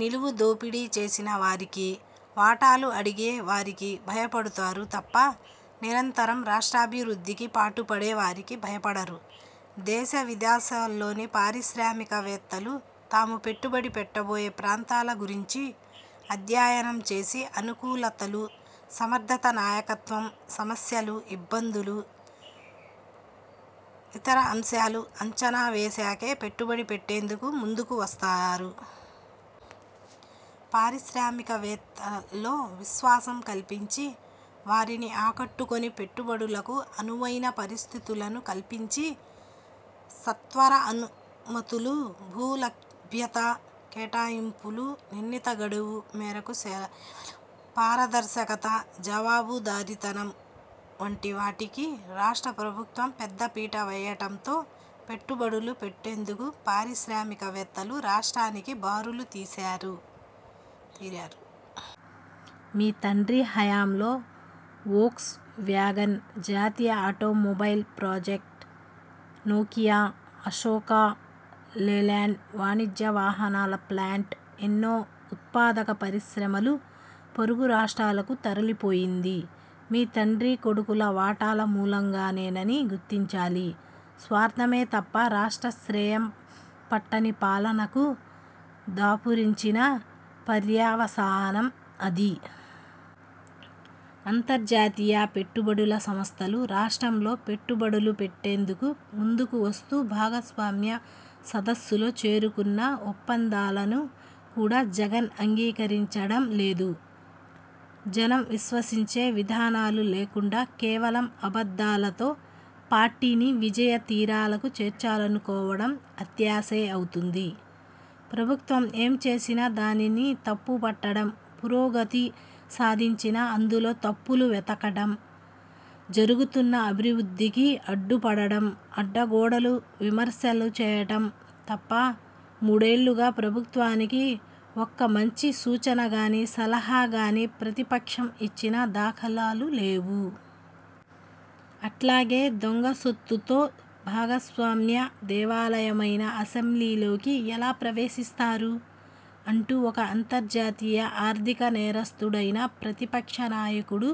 నిలువు దోపిడీ చేసిన వారికి, వాటాలు అడిగే వారికి భయపడుతారు తప్ప నిరంతరం రాష్ట్రాభివృద్ధికి పాటుపడే వారికి భయపడరు. దేశ, విదాశాల్లోని పారిశ్రామికవేత్తలు తాము పెట్టుబడి పెట్టబోయే ప్రాంతాల గురించి అధ్యయనం చేసి అనుకూలతలు, సమర్ధత నాయకత్వం, సమస్యలు, ఇబ్బందులు, ఇతర అంశాలు అంచనా వేశాకే పెట్టుబడి పెట్టేందుకు ముందుకు వస్తారు. పారిశ్రామికవేత్తల్లో విశ్వాసం కల్పించి వారిని ఆకట్టుకొని పెట్టుబడులకు అనువైన పరిస్థితులను కల్పించి సత్వర అనుమతులు, భూ లభ్యత, కేటాయింపులు నిర్ణీత గడువు మేరకు సేవలు, పారదర్శకత, జవాబుదారీతనం వంటి వాటికి రాష్ట్ర ప్రభుత్వం పెద్ద పీట వేయటంతో పెట్టుబడులు పెట్టేందుకు పారిశ్రామికవేత్తలు రాష్ట్రానికి బారులు తీశారు తీరారు. మీ తండ్రి హయాంలో ఓక్స్ వ్యాగన్, జాతీయ automobile project, Nokia, Ashok Leyland వాణిజ్య వాహనాల ప్లాంట్, ఎన్నో ఉత్పాదక పరిశ్రమలు పొరుగు రాష్ట్రాలకు తరలిపోయింది మీ తండ్రి కొడుకుల వాటాల మూలంగానేనని గుర్తించాలి. స్వార్థమే తప్ప రాష్ట్ర శ్రేయం పట్టని పాలనకు దాపురించిన పర్యవసానం అది. అంతర్జాతీయ పెట్టుబడుల సంస్థలు రాష్ట్రంలో పెట్టుబడులు పెట్టేందుకు ముందుకు వస్తూ భాగస్వామ్య సదస్సులో చేసుకున్న ఒప్పందాలను కూడా జగన్ అంగీకరించడం లేదు. జనం విశ్వసించే విధానాలు లేకుండా కేవలం అబద్ధాలతో పార్టీని విజయ తీరాలకు చేర్చాలనుకోవడం అత్యాశే అవుతుంది. ప్రభుత్వం ఏం చేసినా దానిని తప్పుబట్టడం, పురోగతి సాధించినా అందులో తప్పులు వెతకడం, జరుగుతున్న అభివృద్ధికి అడ్డుపడటం, అడ్డగోడలు విమర్శలు చేయటం తప్ప మూడేళ్లుగా ప్రభుత్వానికి ఒక్క మంచి సూచనగానీ, సలహా గానీ ప్రతిపక్షం ఇచ్చిన దాఖలాలు లేవు. అట్లాగే దొంగ సొత్తుతో బాగస్వామ్య దేవాలయమైన అసెంబ్లీలోకి ఎలా ప్రవేశిస్తారు అంటూ ఒక అంతర్జాతీయ ఆర్థిక నేరస్థుడైన ప్రతిపక్ష నాయకుడు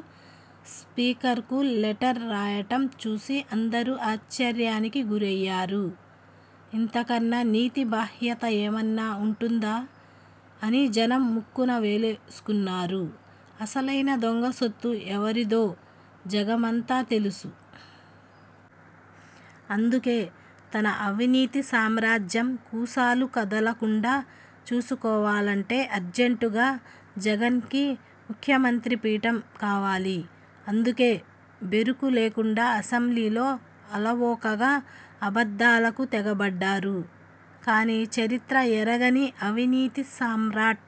స్పీకర్కు లెటర్ రాయటం చూసి అందరూ ఆశ్చర్యానికి గురయ్యారు. ఇంతకన్నా నీతి బాహ్యత ఏమన్నా వుంటుందా అని జనం ముక్కున వేలేసుకున్నారు. అసలైన దొంగసొత్తు ఎవరిదో జగమంతా తెలుసు. అందుకే తన అవినీతి సామ్రాజ్యం కూసాలు కదలకుండా చూసుకోవాలంటే అర్జెంటుగా జగన్కి ముఖ్యమంత్రి పీఠం కావాలి. అందుకే బెరుకు లేకుండా అసెంబ్లీలో అలవోకగా అబద్ధాలకు తెగబడ్డారు. కానీ చరిత్ర ఎరుగని అవినీతి సామ్రాట్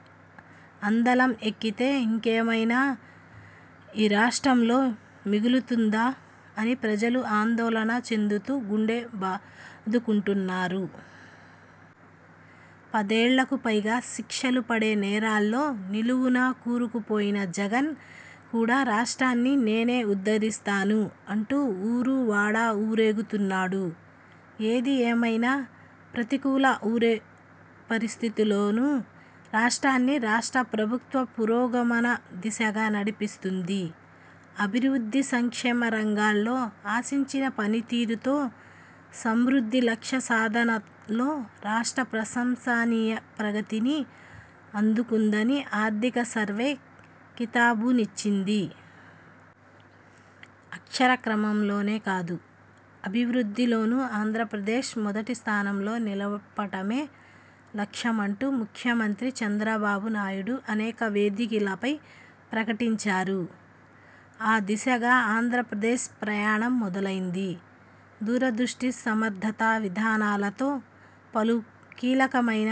అందలం ఎక్కితే ఇంకేమైనా ఈ రాష్ట్రంలో మిగులుతుందా అని ప్రజలు ఆందోళన చెందుతూ గుండె బాదుకుంటున్నారు. పదేళ్లకు పైగా శిక్షలు పడే నేరాల్లో నిలువునా కూరుకుపోయిన జగన్ కూడా రాష్ట్రాన్ని నేనే ఉద్ధరిస్తాను అంటూ ఊరూ, వాడా ఊరేగుతున్నాడు. ఏది ఏమైనా ప్రతికూల ఊరే పరిస్థితుల్లోనూ రాష్ట్రాన్ని రాష్ట్ర ప్రభుత్వం పురోగమన దిశగా నడిపిస్తుంది. అభివృద్ధి సంక్షేమ రంగాల్లో ఆశించిన పనితీరుతో సంవృద్ధి లక్ష్య సాధనలో రాష్ట్రం ప్రశంసనీయ ప్రగతిని అందుకుందని ఆర్థిక సర్వే కితాబునిచ్చింది. అక్షర క్రమంలోనే కాదు అభివృద్ధిలోను ఆంధ్రప్రదేశ్ మొదటి స్థానంలో నిలపటమే లక్ష్యమంటూ ముఖ్యమంత్రి చంద్రబాబు నాయుడు అనేక వేదికలపై ప్రకటించారు. ఆ దిశగా ఆంధ్రప్రదేశ్ ప్రయాణం మొదలైంది. దూరదృష్టి, సమర్థత విధానాలతో పలు కీలకమైన,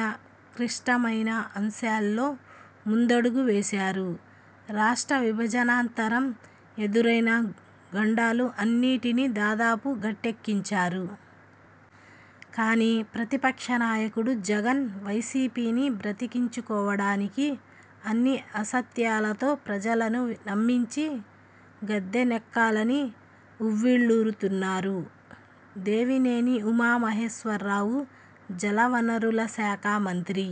క్లిష్టమైన అంశాల్లో ముందడుగు వేశారు. రాష్ట్ర విభజనానంతరం ఎదురైన గండాలు అన్నిటినీ దాదాపు గట్టెక్కించారు. కానీ ప్రతిపక్ష నాయకుడు జగన్ వైసీపీని బతికించుకోడానికి అన్ని అసత్యాలతో ప్రజలను నమ్మించి గద్దె నెక్కాలని ఉవ్విళ్లూరుతున్నారు. దేవినేని ఉమా మహేశ్వరరావు జలవనరుల శాఖ మంత్రి